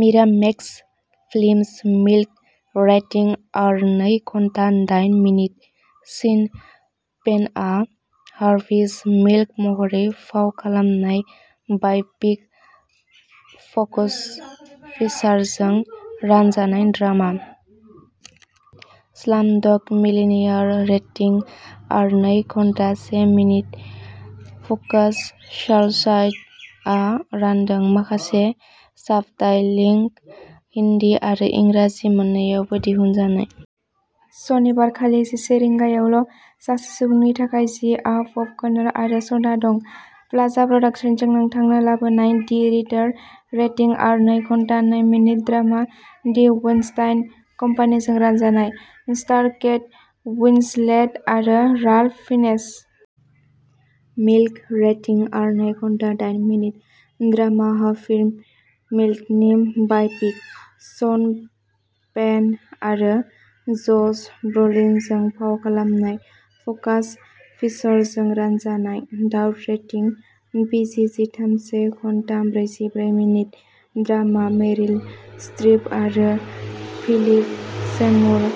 Miramax films "Milk" rating R, नै घन्टा दाइन मिनिट सीन पेनआ हार्भि मिल्क महरै फाव खालामनाय बाय'पिक। फ'क्स फिचारजों रानजानाय drama. "Slumdog Millionaire" rating R, नै घन्टा से मिनिट फक्स सार्चलाइटआ रानदों। माखासे साबटाइटेलिं, हिन्दी आरो इंराजि मोननैयावबो दिहुनजानाय। सनिबार खालि जिसे रिंगायावल' सासे सुबुंनि थाखाय जि आव पपकर्न आरो स'डा दं! प्लाजा प्रडाक्शन्सजों नोंथांनो लाबोनाय। "दि रिडार" रेटिं आर, नै घन्टा नै मिनिट ड्रामा दि वेइनस्टाइन कम्पानिजों रानजानाय। स्टार केट उइन्सलेट आरो Ralph Fiennes. "Milk" rating R, नै घन्टा दाइन मिनिट। ड्रामा। हार्भि मिल्कनि बाय'पिक। शन पेन आरो जश ब्र'लिनजों फाव खालामनाय। फ'क्स फिचरजों रानजानाय। "डाउट" रेटिं पिजि जिथाम, से घन्टा ब्रैजिब्रै मिनिट। ड्रामा मेरिल स्ट्रिप आरो फिलिप सेमुर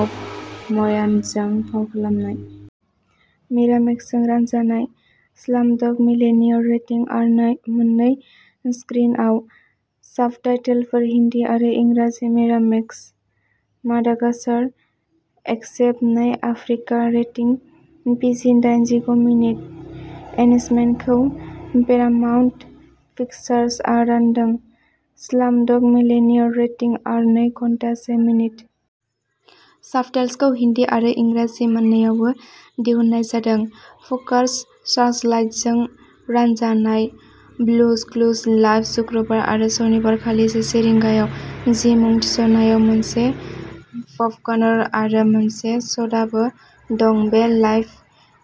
हफम्यानजों फाव खालामनाय। मिरामेक्सजों रानजानाय। "स्लामडग मिलिनेयार" रेटिं आरनै, मोननै स्क्रिनआव। साबटाइटेलफोर, हिन्दी आरो इंराजि मिरामेक्स। "मादागास्कारः एस्केप नै आफ्रिका" रेटिं पिजि, दाइनजिगु मिनिट। एनिमेशनखौ पेरामाउन्ट पिक्चार्सआ रानदों। "स्लामडग मिलिनेयार" रेटिं आर, नै घन्टा से मिनिट। साबटिल्सखौ हिन्दी आरो इंराजि मोन्नैावबो दिहुननाय जादों। फक्स सार्चलाइटजों रानजानाय। "ब्लुज क्लुज लाइभ" शुक्रबार आरो सनिबार खालि जिसे रिंगायाव। जि मुं थिसननायाव मोनसे पपकर्न आरो मोनसे स'डाबो दं, बे लाइभ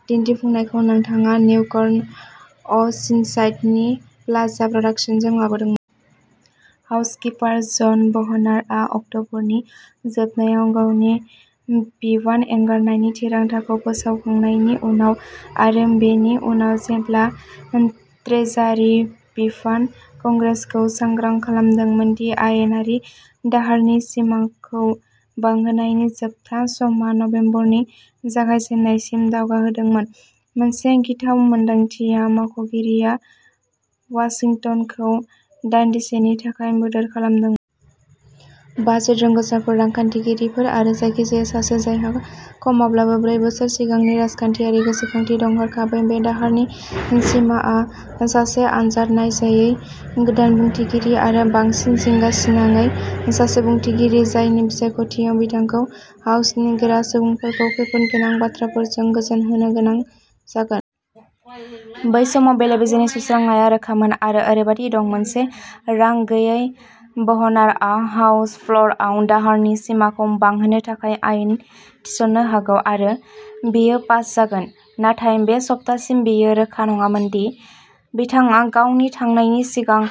दिन्थिफुंनायखौ नोंथाङा निउयर्कनि अ'सिनसाइडनि प्लाजा प्रडाक्शन्सजों लाबोदोंमोन। हाउस स्पिकार जन ब'हनारआ अक्ट'बरनि जोबनायाव गावनि बिबान एंगारनायनि थिरांथाखौ फोसावखांनायनि उनाव, आरो बेनि उनाव जेब्ला ट्रेजारि बिफानआ कंग्रेसखौ सांग्रां खालामदोंमोन दि आयेनारि दाहारनि सिमाखौ बांहोनायनि जोबथा समआ नबेम्बरनि जागायजेन्नायसिम दावगाहोदोंमोन, मोनसे गिथाव मोन्दांथिया मावख'गिरिया वाशिंटनखौ दानदिसेनि थाखाय बोदोर खालामदोंमोन। बाजेट रोंग'साफोर, रांखान्थिगिरिफोर, आरो जायखिजाया सासे जायहा खमावब्लाबो ब्रै बोसोर सिगांनि राजखान्थियारि गोसोखांथि दं, हरखाबै बे दाहारनि सिमाआ सासे आनजाद नायजायै गोदान बुंथिगिरि-आरो, बांसिन जिंगासोनांयै, सासे बुंथिगिरि जायनि बिसायख'थियाव बिथांखौ हाउसनि गोरा सुबुंफोरखौ खैफोदगोनां बाथ्राफोरजों गोजोनहोनो गोनां जागोन। बै समाव बेले-बेजेनि सुस्रांनाया रोखामोन, आरो ओरैबायदि दंः मोनसे रां गैयै ब'हनारआ हाउस फ्ल'रआव दाहारनि सिमाखौ बांहोनो थाखाय आयेन थिसन्नो हागौ, आरो बेयो पास जागोन। नाथाय बे सप्तासिम बेयो रोखा नङामोन दि बिथाङा गावनि थांनायनि सिगां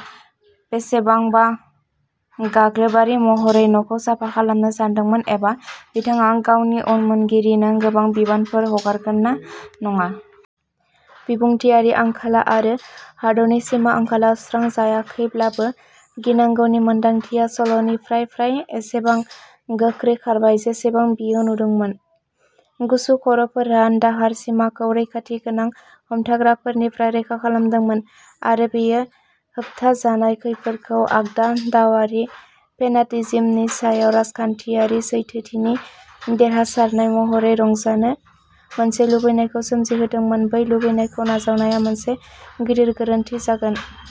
बेसेबांबा गाग्लोबारि महरै न'खौ साफा खालामनो सानदोंमोन, एबा बिथाङा गावनि उनमोनगिरिनो गोबां बिबानफोर हगारगोन ना नङा। बिबुंथिारि आंखाला आरो दाहारनि सिमा आंखाला सुस्रांजायाखैब्लाबो, गिनांगौनि मोनदांथिया सल'निफ्राय फ्राय एसेबां गोख्रै खारबाय जेसेबां बेयो नुदोंमोन। गुसु खर'फोरा दाहार सिमाखौ रैखाथि गोनां हमथाग्राफोरनिफ्राय रैखा खालामदोंमोन। आरो बेयो होबथाजानाय खैफोदखौ आगदा-दावआरि फेनाटिजिमनि सायाव राजखान्थियारि सैथोथिनि देरहासारनाय महरै रंजानो मोनसे लुबैनायखौ सोमजिहोदोंमोन। बै लुबैनायखौ नाजावनाया मोनसे गिदिर गोरोन्थि जागोन।